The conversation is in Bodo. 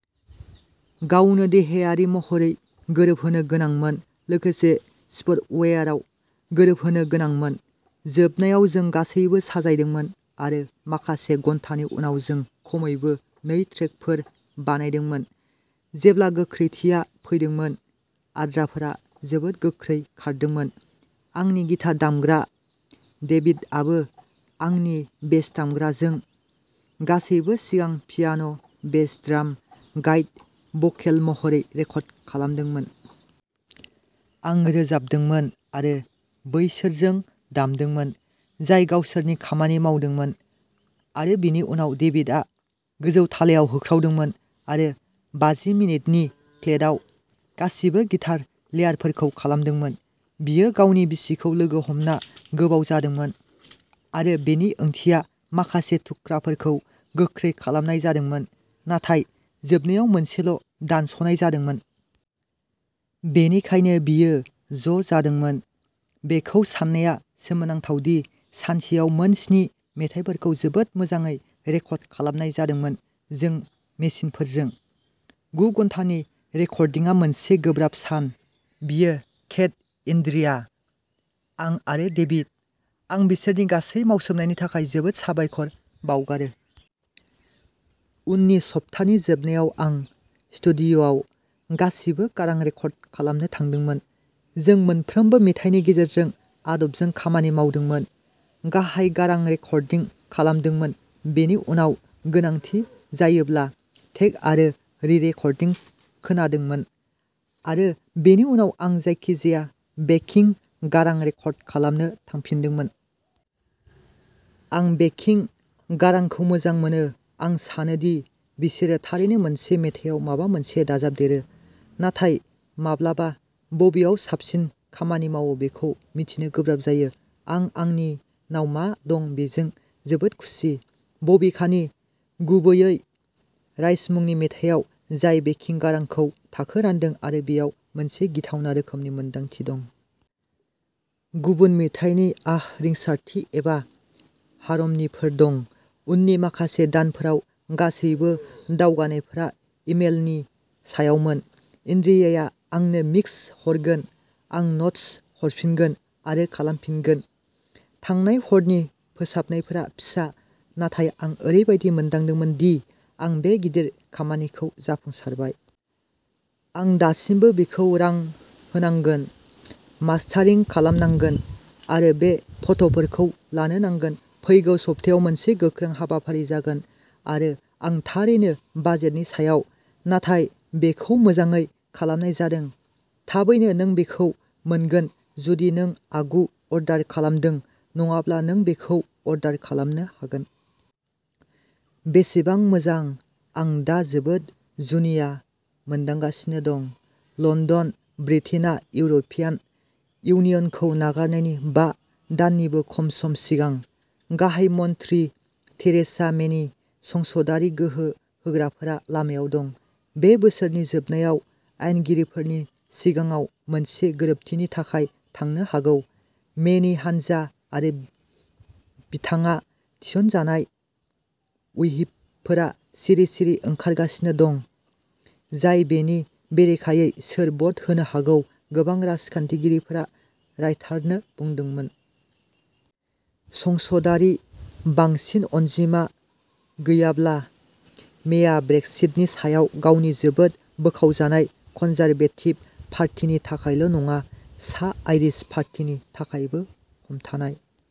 गावनो देहायारि महरै गोरोबहोनो गोनांमोन, लोगोसे सिफोरवेरआव गोरोबहोनो गोनांमोन। जोबनायाव जों गासैबो साजायदोंमोन, आरो माखासे घन्टानि उनाव जों खमैबो नै ट्रेकफोर बानायदोंमोन। जेब्ला गोख्रैथिया फैदोंमोन, आद्राफोरा जोबोद गोख्रै खारदोंमोन। आंनि गिटार दामग्रा डेभिडआबो आंनि बेस दामग्रा, जों गासैबोखौ सिगां piano' bass drum guitar vocal महरै रेकर्ड खालामदोंमोन। आं रोजाबदोंमोन आरो बैसोरजों दामदोंमोन, जाय गावसोरनि खामानि मावदोंमोन। आरो बेनि उनाव डेभिडआ गोजौ थालायाव होख्रावदोंमोन आरो बाजि मिनिटनि फ्लेटआव गासिबो गिटार लेयारफोरखौ खालामदोंमोन। बियो गावनि बिसिखौ लोगो हमनो गोबाव जादोंमोन, आरो बेनि ओंथिया माखासे थुख्राफोरखौ गोख्रै खालामनाय जादोंमोन, नाथाय जोबनायाव मोनसेल' दानस'नाय जादोंमोन। बेनिखायनो बेयो ज' जादोंमोन। बेखौ साननाया सोमोनांथाव दि सानसेआव मोन स्नि मेथाइफोरखौ जोबोद मोजाङै रेकर्ड खालामनाय जादोंमोन जों मेसिनफोरजों। गु घन्टानि रेकर्डिंआ मोनसे गोब्राब सान। बियो केइथ, एन्ड्रिया।, आं आरो डेभिड। आं बिसोरनि गासै मावसोमनायनि थाखाय जोबोद साबायखर बावगारो। उननि सप्तानि जोबनायाव आं स्टुडिय'आव गासिबो गारां रेकर्ड खालामनो थांदोंमोन। जों मोनफ्रोमबो मेथाइनि गेजेरजों आदबजों खामानि मावदोंमोन, गाहाय गारां रेकर्डिं खालामदोंमोन, बेनि उनाव गोनांथि जायोब्ला टेक आरो रि-रेकर्डिं खोनादोंमोन, आरो बेनि उनाव आं जायखिजाया बेकिं गारां रेकर्ड खालामनो थांफिनदोंमोन। आं बेकिं गारांखौ मोजां मोनो-आं सानो दि बिसोरो थारैनो मोनसे मेथायाव माबा मोनसे दाजाबदेरो, नाथाय माब्लाबा बबेयाव साबसिन खामानि मावो बेखौ मिन्थिनो गोब्राब जायो। आं आंनि नाव मा दं बेजों जोबोद खुसि, बबेखानि, गुबैयै राइज मुंनि मेथायाव, जाय बेकिं गारांखौ थाखो रानदों आरो बेयाव मोनसे गिथावना रोखोमनि मोनदांथि दं। गुबुन मेथाइनि आह रिंसारथि एबा हारमनिफोर दं। उननि माखासे दानफोराव गासैबो दावगानायफोरा इमेलनि सायावमोन एन्ड्रियाया आंनो मिक्स हरगोन, आं न'ट्स हरफिनगोन, आरो खालामफिनगोन। थांनाय हरनि फोसाबनायफोरा फिसा, नाथाय आं ओरैबायदि मोन्दांदोंमोन दि आं बे गिदिर खामानिखौ जाफुंसारबाय। आं दासिमबो बिखौ रां होनांगोन, मास्टारिं खालामनांगोन, आरो बे फट'फोरखौ लानो नांगोन फैगौ सप्तायाव मोनसे गोख्रों हाबाफारि जागोन। आरो आं थारैनो बाजेटनि सायाव, नाथाय बेखौ मोजाङै खालामनाय जादों। थाबैनो नों बेखौ मोनगोन जुदि नों आगु अर्डार खालामदों, नङाब्ला नों बेखौ अर्डार खालामनो हागोन। बेसेबां मोजां आं दा जोबोद जुनिया मोनदांगासिनो दं। लन्दन -ब्रिटेनआ इउर'पियान इउनियनखौ नागारनायनि बा दाननिबो खम सम सिगां, गाहाय मन्थ्रि थेरेसा मेनि संसदारि गोहो होग्राफोरा लामायाव दं। बे बोसोरनि जोबनायाव आयेनगिरिफोरनि सिगाङाव मोनसे गोरोबथिनि थाखाय थांनो हागौ, मेनि हानजा आरो बिथाङा थिसनजानाय व्हिपफोरा सिरि-सिरि ओंखारगासिनो दं, जाय बेनि बेरेखायै सोर भ'ट होनो हागौ, गोबां राजखान्थिगिरिफोरा रायटारनो बुंदोंमोन। संसदारि बांसिन अनजिमा गैयाब्ला, मेया ब्रेक्सिटनि सायाव गावनि जोबोद बोखावजानाय कन्जारभेटिभ पार्टिनि थाखायल' नङा, सा-आइरिश पार्टिनि थाखायबो हमथानाय।